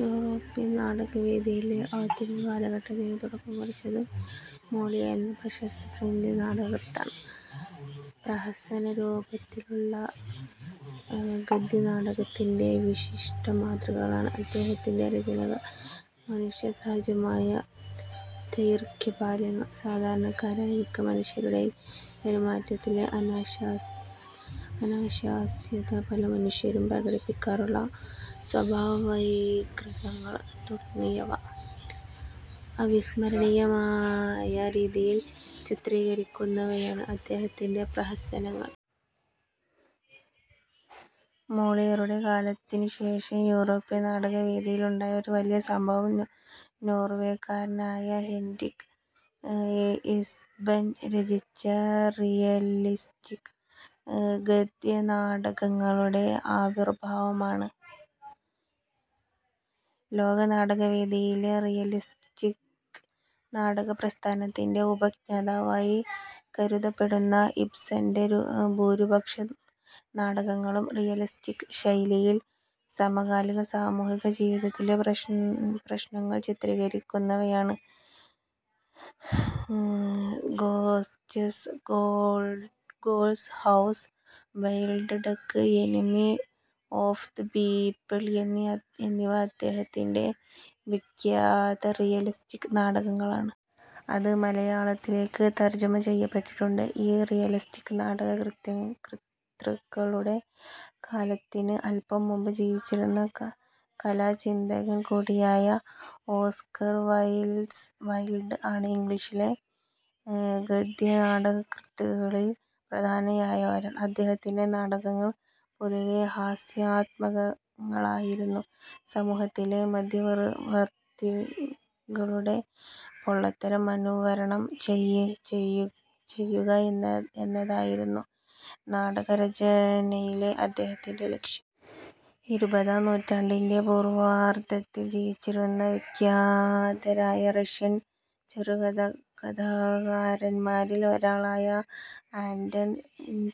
European നാടകവേദിയിലെ ആധുനിക കാലഘട്ടത്തിന് തുടക്കം കുറിച്ചത് മോളിയേ എന്ന പ്രശസ്ത ഫ്രഞ്ച് നാടകകൃത്താണ്. പ്രഹസനരൂപത്തിലുള്ള ഗദ്യനാടകത്തിന്റെ വിശിഷ്ട മാതൃകകളാണ് അദ്ദേഹത്തിന്റെ രചനകൾ. മനുഷ്യസഹജമായ ദൌർബല്യങ്ങൾ, സാധാരണക്കാരായ മിക്ക മനുഷ്യരുടെയും പെരുമാറ്റത്തിലെ അനാശാസ്യത, പല മനുഷ്യരും പ്രകടിപ്പിക്കാറുള്ള സ്വഭാവവൈകൃതങ്ങൾ തുടങ്ങിയവ അവിസ്മരണീയമായ രീതിയിൽ ചിത്രീകരിക്കുന്നവയാണ് അദ്ദേഹത്തിന്റെ പ്രഹസനങ്ങൾ. മോളിയറുടെ കാലത്തിനുശേഷം യൂറോപ്യൻ നാടകവേദിയിൽ ഉണ്ടായ ഒരു വലിയ സംഭവം നോർവേക്കാരനായ ഹെന്റിക് ഇബ്സൻ രചിച്ച റിയലിസ്റ്റിക് ഗദ്യനാടകങ്ങളുടെ ആവിർഭാവമാണ്. ലോകനാടകവേദിയിലെ റിയലിസ്റ്റിക് നാടകപ്രസ്ഥാനത്തിന്റെ ഉപജ്ഞാതാവായി കരുതപ്പെടുന്ന ഇബ്സന്റെ ഭൂരിപക്ഷം നാടകങ്ങളും റിയലിസ്റ്റിക് ശൈലിയിൽ സമകാലിക സാമൂഹിക ജീവിതത്തിലെ പ്രശ്നങ്ങൾ ചിത്രീകരിക്കുന്നവയാണ്. Ghosts, dolls house, wild duck, enemy of the people എന്നിവ അദ്ദേഹത്തിന്റെ വിഖ്യാത റിയലിസ്റ്റിക് നാടകങ്ങളാണ്. അത് മലയാളത്തിലേക്ക് തർജുമ ചെയ്യപ്പെട്ടിട്ടുണ്ട്. ഈ റിയലിസ്റ്റിക് നാടകകൃത്തുക്കളുടെ കാലത്തിന് അല്പം മുമ്പ് ജീവിച്ചിരുന്ന കലാചിന്തകൻ കൂടിയായ ഓസ്കർ വൈൽഡ് ആണ് ഇംഗ്ലീഷിലെ ഗദ്യനാടകകൃത്തുക്കളിൽ പ്രധാനിയായ ഒരാൾ. അദ്ദേഹത്തിന്റെ നാടകങ്ങൾ പൊതുവേ ഹാസ്യാത്മകങ്ങളായിരുന്നു. സമൂഹത്തിലെ മധ്യവർത്തികളുടെ പൊള്ളത്തരം അനാവരണം ചെയ്യുക എന്നതായിരുന്നു നാടകരചനയിലെ അദ്ദേഹത്തിന്റെ ലക്ഷ്യം. ഇരുപതാം നൂറ്റാണ്ടിന്റെ പൂർവാർധത്തിൽ ജീവിച്ചിരുന്ന വിഖ്യാതരായ റഷ്യൻ ചെറുകഥാകാരന്മാരിൽ ഒരാളായ ആന്റൺ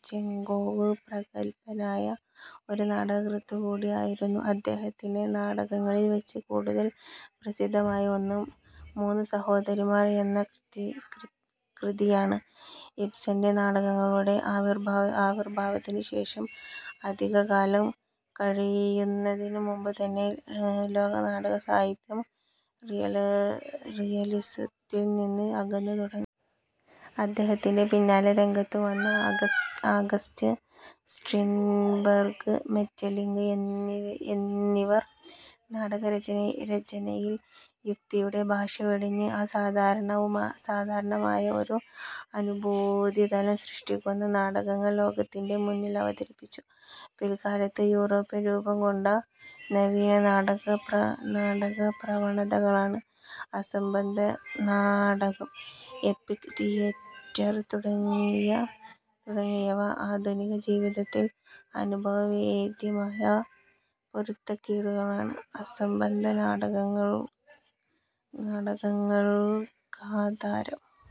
ചെഖോവ് പ്രഗല്ഭനായ ഒരു നാടകകൃത്തുകൂടി ആയിരുന്നു. അദ്ദേഹത്തിന്റെ നാടകങ്ങളിൽ വച്ച് കൂടുതൽ പ്രസിദ്ധമായ ഒന്ന്, മൂന്നു സഹോദരിമാർ എന്ന കൃതിയാണ്. ഇബ്സന്റെ നാടകങ്ങളുടെ ആവിർഭാവത്തിനു ശേഷം അധികകാലം കഴിയുന്നതിനുമുമ്പുതന്നെ ലോകനാടകസാഹിത്യം റിയലിസത്തിൽ നിന്ന് അകന്നു തുടങ്ങി. അദ്ദേഹത്തിന്റെ പിന്നാലേ രംഗത്തുവന്ന ആഗസ്റ്റ് സ്ട്രിൻബർഗ്, മെറ്റർലിങ്ക് എന്നിവർ നാടകരചനയിൽ യുക്തിയുടെ ഭാഷ വെടിഞ്ഞ് അസാധാരണമായ ഒരു അനുഭൂതിതലം സൃഷ്ടിക്കുന്ന നാടകങ്ങൾ ലോകത്തിന്റെ മുന്നിൽ അവതരിപ്പിച്ചു. പില്ക്കാലത്ത് യൂറോപ്പിൽ രൂപം കൊണ്ട നവീനനാടകപ്രവണതകളാണ് അസംബന്ധനാടകം, എപ്പിക് തിയേറ്റർ തുടങ്ങിയവ. ആധുനിക ജീവിതത്തിൽ ആനുഭവവേദ്യമായ പൊരുത്തക്കേടുകളാണ് അസംബന്ധനാടകങ്ങൾക്കാധാരം.